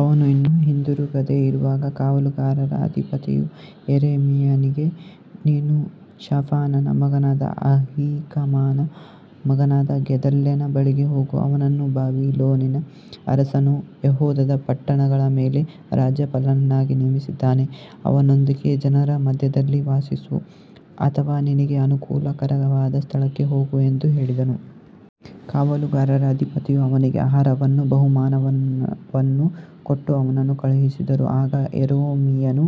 ಅವನು ಇನ್ನೂ ಹಿಂದಿರುಗದೆ ಇರುವಾಗ, ಕಾವಲುಗಾರರ ಅಧಿಪತಿಯು ಯೆರೆಮೀಯನಿಗೆ, ನೀನು ಶಾಫಾನನ ಮಗನಾದ ಅಹೀಕಾಮನ ಮಗನಾದ ಗೆದಲ್ಯನ ಬಳಿಗೆ ಹೋಗು, ಅವನನ್ನು ಬಾಬಿಲೋನಿನ ಅರಸನು ಯೆಹೂದದ ಪಟ್ಟಣಗಳ ಮೇಲೆ ರಾಜ್ಯಪಾಲನನ್ನಾಗಿ ನೇಮಿಸಿದ್ದಾನೆ, ಅವನೊಂದಿಗೆ ಜನರ ಮಧ್ಯದಲ್ಲಿ ವಾಸಿಸು, ಅಥವಾ ನಿನಗೆ ಅನುಕೂಲಕರವಾದ ಸ್ಥಳಕ್ಕೆ ಹೋಗು ಎಂದು ಹೇಳಿದನು. ಕಾವಲುಗಾರರ ಅಧಿಪತಿಯು ಅವನಿಗೆ ಆಹಾರವನ್ನೂ ಬಹುಮಾನವನ್ನೂ ಕೊಟ್ಟು ಅವನನ್ನು ಕಳುಹಿಸಿದನು. ಆಗ ಯೆರೆಮೀಯನು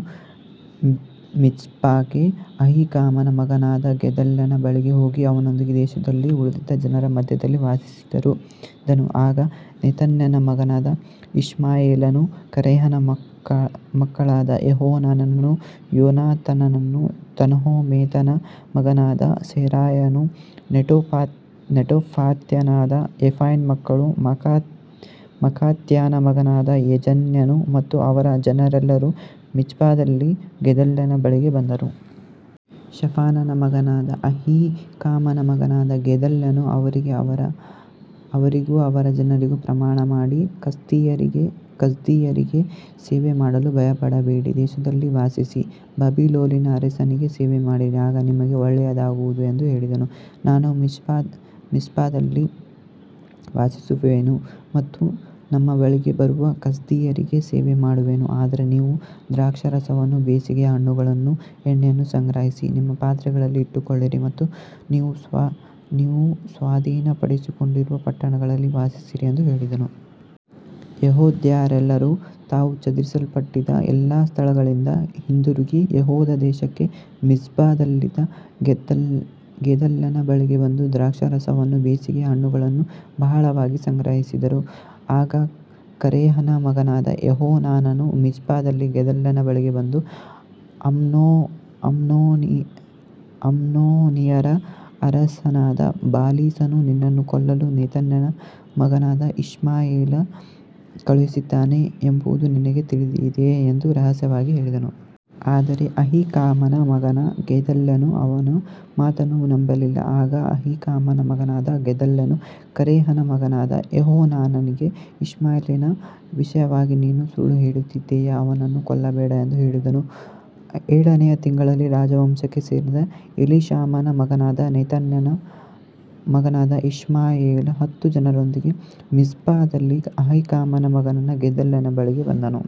ಮಿಜ್ಪಾಕ್ಕೆ ಅಹೀಕಾಮನ ಮಗನಾದ ಗೆದಲ್ಯನ ಬಳಿಗೆ ಹೋಗಿ, ಅವನೊಂದಿಗೆ ದೇಶದಲ್ಲಿ ಉಳಿದಿದ್ದ ಜನರ ಮಧ್ಯದಲ್ಲಿ ವಾಸಿಸಿದನು. ಆಗ ನೆತನ್ಯನ ಮಗನಾದ ಇಷ್ಮಾಯೇಲನು, ಕರೇಹನ ಮಕ್ಕಳಾದ ಯೋಹಾನಾನನೂ ಯೋನಾತಾನನೂ, ತನ್ಹುಮೆತನ ಮಗನಾದ ಸೆರಾಯನು, ನೆಟೋಫಾತ್ಯನಾದ ಎಫೈನ ಮಕ್ಕಳು, ಮಾಕಾತ್ಯನ ಮಗನಾದ ಯೆಜಾನ್ಯನು ಮತ್ತು ಅವರ ಜನರೆಲ್ಲರೂ ಮಿಜ್ಪಾದಲ್ಲಿದ್ದ ಗೆದಲ್ಯನ ಬಳಿಗೆ ಬಂದರು. ಶಾಫಾನನ ಮಗನಾದ ಅಹೀಕಾಮನ ಮಗನಾದ ಗೆದಲ್ಯನು ಅವರಿಗೂ ಅವರ ಜನರಿಗೂ ಪ್ರಮಾಣಮಾಡಿ, ಕಸ್ದೀಯರಿಗೆ ಸೇವೆಮಾಡಲು ಭಯಪಡಬೇಡಿ, ದೇಶದಲ್ಲಿ ವಾಸಿಸಿ ಬಾಬಿಲೋನಿನ ಅರಸನಿಗೆ ಸೇವೆಮಾಡಿರಿ, ಆಗ ನಿಮಗೆ ಒಳ್ಳೆಯದಾಗುವುದು ಎಂದು ಹೇಳಿದನು. ನಾನು ಮಿಜ್ಪಾದಲ್ಲಿ ವಾಸಿಸುವೆನು ಮತ್ತು ನಮ್ಮ ಬಳಿಗೆ ಬರುವ ಕಸ್ದೀಯರಿಗೆ ಸೇವೆಮಾಡುವೆನು, ಆದರೆ ನೀವು ದ್ರಾಕ್ಷಾರಸವನ್ನೂ ಬೇಸಿಗೆಯ ಹಣ್ಣುಗಳನ್ನೂ ಎಣ್ಣೆಯನ್ನೂ ಸಂಗ್ರಹಿಸಿ ನಿಮ್ಮ ಪಾತ್ರೆಗಳಲ್ಲಿ ಇಟ್ಟುಕೊಳ್ಳಿರಿ ಮತ್ತು ನೀವು ಸ್ವಾಧೀನಪಡಿಸಿಕೊಂಡಿರುವ ಪಟ್ಟಣಗಳಲ್ಲಿ ವಾಸಿಸಿರಿ ಎಂದು ಹೇಳಿದನು. ಯೆಹೂದ್ಯರೆಲ್ಲರೂ ತಾವು ಚದುರಿಸಲ್ಪಟ್ಟಿದ್ದ ಎಲ್ಲಾ ಸ್ಥಳಗಳಿಂದ ಹಿಂದಿರುಗಿ ಯೆಹೂದ ದೇಶಕ್ಕೆ, ಮಿಜ್ಪಾದಲ್ಲಿದ್ದ ಗೆದಲ್ಯನ ಬಳಿಗೆ ಬಂದು, ದ್ರಾಕ್ಷಾರಸವನ್ನೂ ಬೇಸಿಗೆಯ ಹಣ್ಣುಗಳನ್ನೂ ಬಹಳವಾಗಿ ಸಂಗ್ರಹಿಸಿದರು. ಆಗ ಕರೇಹನ ಮಗನಾದ ಯೋಹಾನಾನನು ಮಿಜ್ಪಾದಲ್ಲಿ ಗೆದಲ್ಯನ ಬಳಿಗೆ ಬಂದು, ಅಮ್ಮೋನಿಯರ ಅರಸನಾದ ಬಾಲೀಸನು ನಿನ್ನನ್ನು ಕೊಲ್ಲಲು ನೆತನ್ಯನ ಮಗನಾದ ಇಷ್ಮಾಯೇಲನನ್ನು ಕಳುಹಿಸಿದ್ದಾನೆ ಎಂಬುದು ನಿನಗೆ ತಿಳಿದಿದೆಯೇ ಎಂದು ರಹಸ್ಯವಾಗಿ ಹೇಳಿದನು. ಆದರೆ ಅಹೀಕಾಮನ ಮಗನಾದ ಗೆದಲ್ಯನು ಅವನ ಮಾತನ್ನು ನಂಬಲಿಲ್ಲ. ಆಗ ಅಹೀಕಾಮನ ಮಗನಾದ ಗೆದಲ್ಯನು ಕರೇಹನ ಮಗನಾದ ಯೋಹಾನಾನನಿಗೆ, ಇಷ್ಮಾಯೇಲನ ವಿಷಯವಾಗಿ ನೀನು ಸುಳ್ಳು ಹೇಳುತ್ತಿದ್ದೀಯೆ, ಅವನನ್ನು ಕೊಲ್ಲಬೇಡ ಎಂದು ಹೇಳಿದನು. ಏಳನೆಯ ತಿಂಗಳಲ್ಲಿ ರಾಜವಂಶಕ್ಕೆ ಸೇರಿದ ಎಲೀಷಾಮನ ಮಗನಾದ ನೆತನ್ಯನ ಮಗನಾದ ಇಷ್ಮಾಯೇಲನು ಹತ್ತು ಜನರೊಂದಿಗೆ ಮಿಜ್ಪಾದಲ್ಲಿದ್ದ ಅಹೀಕಾಮನ ಮಗನಾದ ಗೆದಲ್ಯನ ಬಳಿಗೆ ಬಂದನು.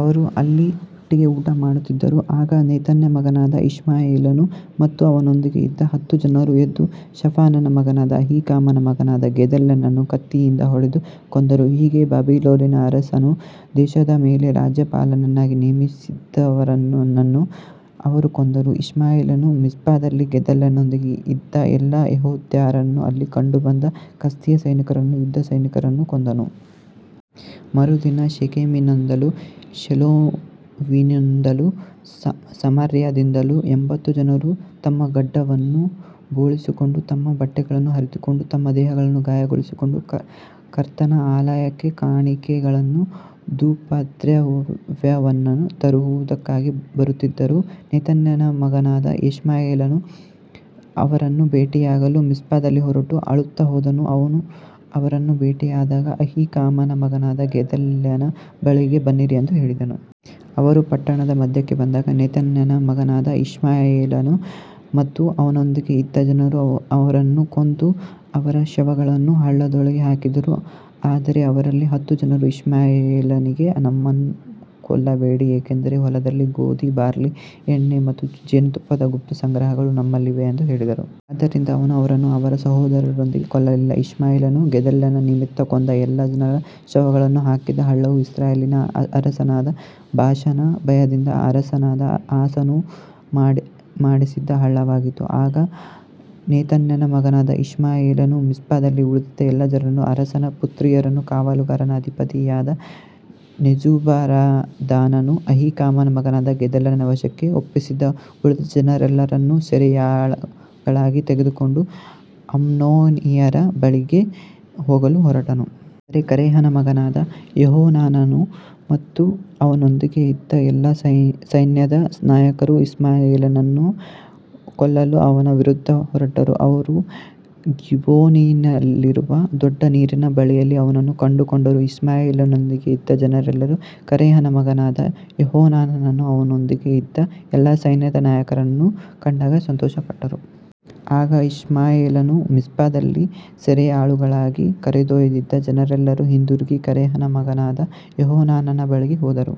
ಅವರು ಅಲ್ಲಿ ಒಟ್ಟಿಗೆ ಊಟಮಾಡುತ್ತಿದ್ದರು. ಆಗ ನೆತನ್ಯನ ಮಗನಾದ ಇಷ್ಮಾಯೇಲನು ಮತ್ತು ಅವನೊಂದಿಗೆ ಇದ್ದ ಹತ್ತು ಜನರು ಎದ್ದು, ಶಾಫಾನನ ಮಗನಾದ ಅಹೀಕಾಮನ ಮಗನಾದ ಗೆದಲ್ಯನನ್ನು ಕತ್ತಿಯಿಂದ ಹೊಡೆದು ಕೊಂದರು. ಹೀಗೆ ಬಾಬಿಲೋನಿನ ಅರಸನು ದೇಶದ ಮೇಲೆ ರಾಜ್ಯಪಾಲನನ್ನಾಗಿ ನೇಮಿಸಿದ್ದವನನ್ನು ಅವರು ಕೊಂದರು. ಇಷ್ಮಾಯೇಲನು ಮಿಜ್ಪಾದಲ್ಲಿ ಗೆದಲ್ಯನೊಂದಿಗೆ ಇದ್ದ ಎಲ್ಲಾ ಯೆಹೂದ್ಯರನ್ನೂ, ಅಲ್ಲಿ ಕಂಡುಬಂದ ಕಸ್ದೀಯ ಸೈನಿಕರನ್ನೂ ಯುದ್ಧಸೈನಿಕರನ್ನೂ ಕೊಂದನು. ಮರುದಿನ ಶೆಕೆಮಿನಿಂದಲೂ, ಶೀಲೋವಿನಿಂದಲೂ, ಸಮಾರ್ಯದಿಂದಲೂ ಎಂಭತ್ತು ಜನರು ತಮ್ಮ ಗಡ್ಡವನ್ನು ಬೋಳಿಸಿಕೊಂಡು, ತಮ್ಮ ಬಟ್ಟೆಗಳನ್ನು ಹರಿದುಕೊಂಡು, ತಮ್ಮ ದೇಹಗಳನ್ನು ಗಾಯಗೊಳಿಸಿಕೊಂಡು, ಕರ್ತನ ಆಲಯಕ್ಕೆ ಕಾಣಿಕೆಗಳನ್ನೂ ಧೂಪದ್ರವ್ಯವನ್ನೂ ತರುವುದಕ್ಕಾಗಿ ಬರುತ್ತಿದ್ದರು. ನೆತನ್ಯನ ಮಗನಾದ ಇಷ್ಮಾಯೇಲನು ಅವರನ್ನು ಭೇಟಿಯಾಗಲು ಮಿಜ್ಪಾದಿಂದ ಹೊರಟು ಅಳುತ್ತಾ ಹೋದನು. ಅವನು ಅವರನ್ನು ಭೇಟಿಯಾದಾಗ, ಅಹೀಕಾಮನ ಮಗನಾದ ಗೆದಲ್ಯನ ಬಳಿಗೆ ಬನ್ನಿರಿ ಎಂದು ಹೇಳಿದನು. ಅವರು ಪಟ್ಟಣದ ಮಧ್ಯಕ್ಕೆ ಬಂದಾಗ, ನೆತನ್ಯನ ಮಗನಾದ ಇಷ್ಮಾಯೇಲನು ಮತ್ತು ಅವನೊಂದಿಗೆ ಇದ್ದ ಜನರು ಅವರನ್ನು ಕೊಂದು, ಅವರ ಶವಗಳನ್ನು ಹಳ್ಳದೊಳಗೆ ಹಾಕಿದರು. ಆದರೆ ಅವರಲ್ಲಿ ಹತ್ತು ಜನರು ಇಷ್ಮಾಯೇಲನಿಗೆ, ನಮ್ಮನ್ನು ಕೊಲ್ಲಬೇಡ, ಏಕೆಂದರೆ ಹೊಲದಲ್ಲಿ ಗೋಧಿ, ಬಾರ್ಲಿ, ಎಣ್ಣೆ ಮತ್ತು ಜೇನುತುಪ್ಪದ ಗುಪ್ತ ಸಂಗ್ರಹಗಳು ನಮ್ಮಲ್ಲಿವೆ ಎಂದು ಹೇಳಿದರು. ಆದ್ದರಿಂದ ಅವನು ಅವರನ್ನು ಅವರ ಸಹೋದರರೊಂದಿಗೆ ಕೊಲ್ಲಲಿಲ್ಲ. ಇಷ್ಮಾಯೇಲನು ಗೆದಲ್ಯನ ನಿಮಿತ್ತ ಕೊಂದ ಎಲ್ಲಾ ಜನರ ಶವಗಳನ್ನು ಹಾಕಿದ್ದ ಹಳ್ಳವು ಇಸ್ರಾಯೇಲಿನ ಅರಸನಾದ ಬಾಷನ ಭಯದಿಂದ ಅರಸನಾದ ಆಸನು ಮಾಡಿಸಿದ್ದ ಹಳ್ಳವಾಗಿತ್ತು. ಆಗ ನೆತನ್ಯನ ಮಗನಾದ ಇಷ್ಮಾಯೇಲನು ಮಿಜ್ಪಾದಲ್ಲಿ ಉಳಿದಿದ್ದ ಎಲ್ಲಾ ಜನರನ್ನೂ, ಅರಸನ ಪುತ್ರಿಯರನ್ನೂ, ಕಾವಲುಗಾರರ ಅಧಿಪತಿಯಾದ ನೆಬೂಜರದಾನನು ಅಹೀಕಾಮನ ಮಗನಾದ ಗೆದಲ್ಯನ ವಶಕ್ಕೆ ಒಪ್ಪಿಸಿದ್ದ ಉಳಿದ ಜನರೆಲ್ಲರನ್ನೂ ಸೆರೆಯಾಳುಗಳಾಗಿ ತೆಗೆದುಕೊಂಡು, ಅಮ್ಮೋನಿಯರ ಬಳಿಗೆ ಹೋಗಲು ಹೊರಟನು. ಆದರೆ ಕರೇಹನ ಮಗನಾದ ಯೋಹಾನಾನನು ಮತ್ತು ಅವನೊಂದಿಗೆ ಇದ್ದ ಎಲ್ಲಾ ಸೈನ್ಯದ ನಾಯಕರು ಇಷ್ಮಾಯೇಲನನ್ನು ಕೊಲ್ಲಲು ಅವನ ವಿರುದ್ಧ ಹೊರಟರು. ಅವರು ಗಿಬ್ಯೋನಿನಲ್ಲಿರುವ ದೊಡ್ಡ ನೀರಿನ ಬಳಿಯಲ್ಲಿ ಅವನನ್ನು ಕಂಡುಕೊಂಡರು. ಇಷ್ಮಾಯೇಲನೊಂದಿಗೆ ಇದ್ದ ಜನರೆಲ್ಲರೂ ಕರೇಹನ ಮಗನಾದ ಯೋಹಾನಾನನನ್ನೂ ಅವನೊಂದಿಗೆ ಇದ್ದ ಎಲ್ಲಾ ಸೈನ್ಯದ ನಾಯಕರನ್ನೂ ಕಂಡಾಗ ಸಂತೋಷಪಟ್ಟರು. ಆಗ ಇಷ್ಮಾಯೇಲನು ಮಿಜ್ಪಾದಿಂದ ಸೆರೆಯಾಳುಗಳಾಗಿ ಕರೆದೊಯ್ದಿದ್ದ ಜನರೆಲ್ಲರೂ ಹಿಂದಿರುಗಿ ಕರೇಹನ ಮಗನಾದ ಯೋಹಾನಾನನ ಬಳಿಗೆ ಹೋದರು.